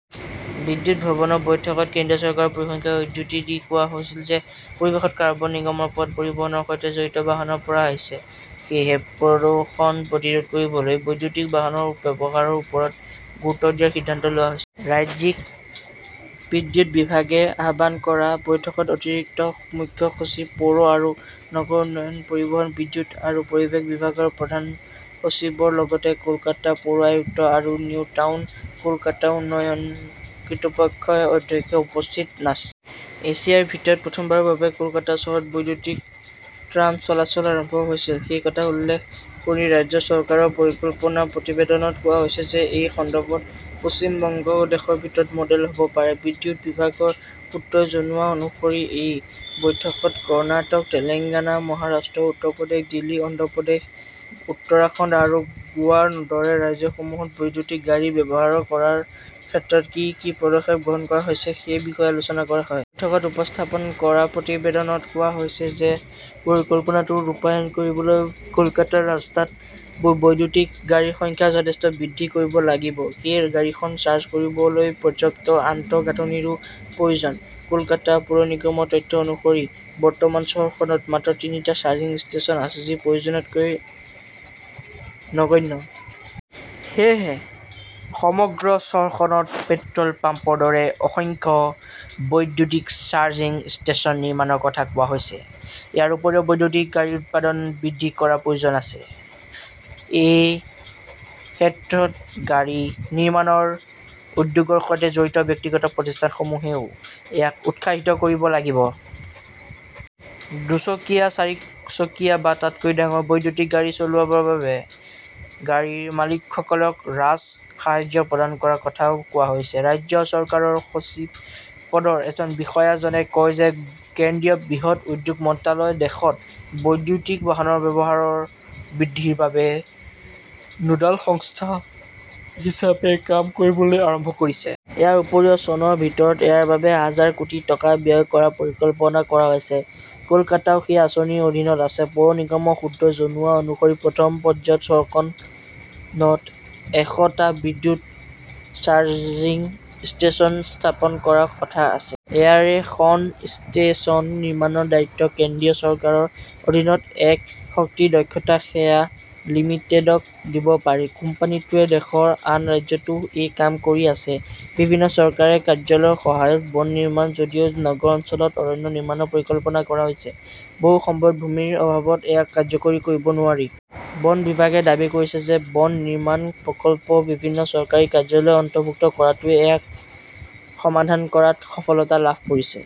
বিদ্যুৎ ভৱনৰ বৈঠকত কেন্দ্ৰীয় চৰকাৰৰ পৰিসংখ্যাৰ উদ্ধৃতি দি কোৱা হৈছিল যে পৰিৱেশত কাৰ্বন নিৰ্গমনৰ পথ পৰিবহণৰ সৈতে জড়িত বাহনৰ পৰা আহিছে। সেয়েহে প্ৰদূষণ প্ৰতিৰোধ কৰিবলৈ বৈদ্যুতিক বাহনৰ ব্যৱহাৰৰ ওপৰত গুৰুত্ব দিয়াৰ সিদ্ধান্ত লোৱা হৈছে। ৰাজ্যিক বিদ্যুৎ বিভাগে আহ্বান কৰা বৈঠকত অতিৰিক্ত মুখ্য সচিব, পৌৰ আৰু নগৰ উন্নয়ন, পৰিবহণ, বিদ্যুৎ আৰু পৰিৱেশ বিভাগৰ প্ৰধান সচিবৰ লগতে কলকাতা পৌৰ আয়ুক্ত আৰু নিউ টাউন কলকাতা উন্নয়ন কৰ্তৃপক্ষৰ অধ্যক্ষ উপস্থিত আছিল। এছিয়াৰ ভিতৰত প্ৰথমবাৰৰ বাবে কলকাতা চহৰত বৈদ্যুতিক ট্ৰাম চলাচল আৰম্ভ হৈছিল। সেই কথা উল্লেখ কৰি ৰাজ্য চৰকাৰৰ পৰিকল্পনা প্ৰতিবেদনত কোৱা হৈছে যে এই সন্দৰ্ভত পশ্চিম বংগ দেশৰ ভিতৰত 'মডেল হব পাৰে। বিদ্যুৎ বিভাগৰ সূত্ৰই জনোৱা অনুসৰি এই বৈঠকত কৰ্ণাটক, তেলেংগানা, মহাৰাষ্ট্ৰ, উত্তৰ প্ৰদেশ, দিল্লী, অন্ধ্ৰ প্ৰদেশ, উত্তৰাখণ্ড আৰু গোৱাৰ দৰে ৰাজ্যসমূহত বৈদ্যুতিক গাড়ী ব্যৱহাৰ কৰাৰ ক্ষেত্ৰত কি কি পদক্ষেপ গ্ৰহণ কৰা হৈছে সেই বিষয়েও আলোচনা কৰা হয়। বৈঠকত উপস্থাপন কৰা প্ৰতিবেদনত কোৱা হৈছে যে পৰিকল্পনাটো ৰূপায়ণ কৰিবলৈ কলকাতাৰ ৰাস্তাত বৈদ্যুতিক গাড়ীৰ সংখ্যা যথেষ্ট বৃদ্ধি কৰিব লাগিব। সেই গাড়ীখন চাৰ্জ কৰিবলৈ পৰ্যাপ্ত আন্তঃগাঁথনিৰো প্ৰয়োজন। কলকাতা পৌৰ নিগমৰ তথ্য অনুসৰি, বৰ্তমান চহৰখনত মাত্ৰ তিনিটা চাৰ্জিং ষ্টেচন আছে, যি প্ৰয়োজনতকৈ নগণ্য। সেয়েহে সমগ্ৰ চহৰখনত পেট্ৰল পাম্পৰ দৰে অসংখ্য বৈদ্যুতিক চাৰ্জিং ষ্টেচন নিৰ্মাণৰ কথা কোৱা হৈছে। ইয়াৰ উপৰিও বৈদ্যুতিক গাড়ীৰ উৎপাদন বৃদ্ধি কৰাৰ প্ৰয়োজন আছে। সেই ক্ষেত্ৰত, গাড়ী নিৰ্মাণ উদ্যোগৰ সৈতে জড়িত ব্যক্তিগত প্ৰতিষ্ঠানসমূহেও ইয়াক উৎসাহিত কৰিব লাগিব। দুচকীয়া, চাৰিচকীয়া বা তাতকৈ ডাঙৰ বৈদ্যুতিক গাড়ী চলোৱাৰ বাবে গাড়ীৰ মালিকসকলক ৰাজসাহায্য প্ৰদান কৰাৰ কথাও কোৱা হৈছে। ৰাজ্য চৰকাৰৰ সচিব পদৰ এজন বিষয়াজনে কয় যে কেন্দ্ৰীয় বৃহৎ উদ্যোগ মন্ত্ৰালয়ে দেশত বৈদ্যুতিক বাহনৰ ব্যৱহাৰ বৃদ্ধিৰ বাবে নোডাল সংস্থা হিচাপে কাম কৰিবলৈ আৰম্ভ কৰিছে। ইয়াৰ উপৰিও চনৰ ভিতৰত ইয়াৰ বাবে হাজাৰ কোটি টকা ব্যয় কৰাৰ পৰিকল্পনা কৰা হৈছে। কলকাতাও সেই আঁচনিৰ অধীনত আছে। পৌৰ নিগমৰ সূত্ৰই জনোৱা অনুসৰি প্ৰথম পৰ্যায়ত চহৰখনত এশ টা বিদ্যুৎ চাৰ্জিং ষ্টেচন স্থাপন কৰাৰ কথা আছে। ইয়াৰে খন ষ্টেচন নিৰ্মাণৰ দায়িত্ব কেন্দ্ৰীয় চৰকাৰৰ অধীনত থকা শক্তি দক্ষতা সেৱা লিমিটেডক দিব পাৰি। কোম্পানীটোৱে দেশৰ আন ৰাজ্যতো এই কাম কৰি আছে। বিভিন্ন চৰকাৰী কাৰ্যালয়ৰ সহায়ত বন নিৰ্মাণ যদিও নগৰ অঞ্চলত অৰণ্য নিৰ্মাণৰ পৰিকল্পনা কৰা হৈছে, বহু সময়ত ভূমিৰ অভাৱত ইয়াক কাৰ্যকৰী কৰিব নোৱাৰি। বন বিভাগে দাবী কৰিছে যে বন নিৰ্মাণ প্ৰকল্পত বিভিন্ন চৰকাৰী কাৰ্যালয় অন্তৰ্ভুক্ত কৰাটোৱে ইয়াক সমাধান কৰাত সফলতা লাভ কৰিছে।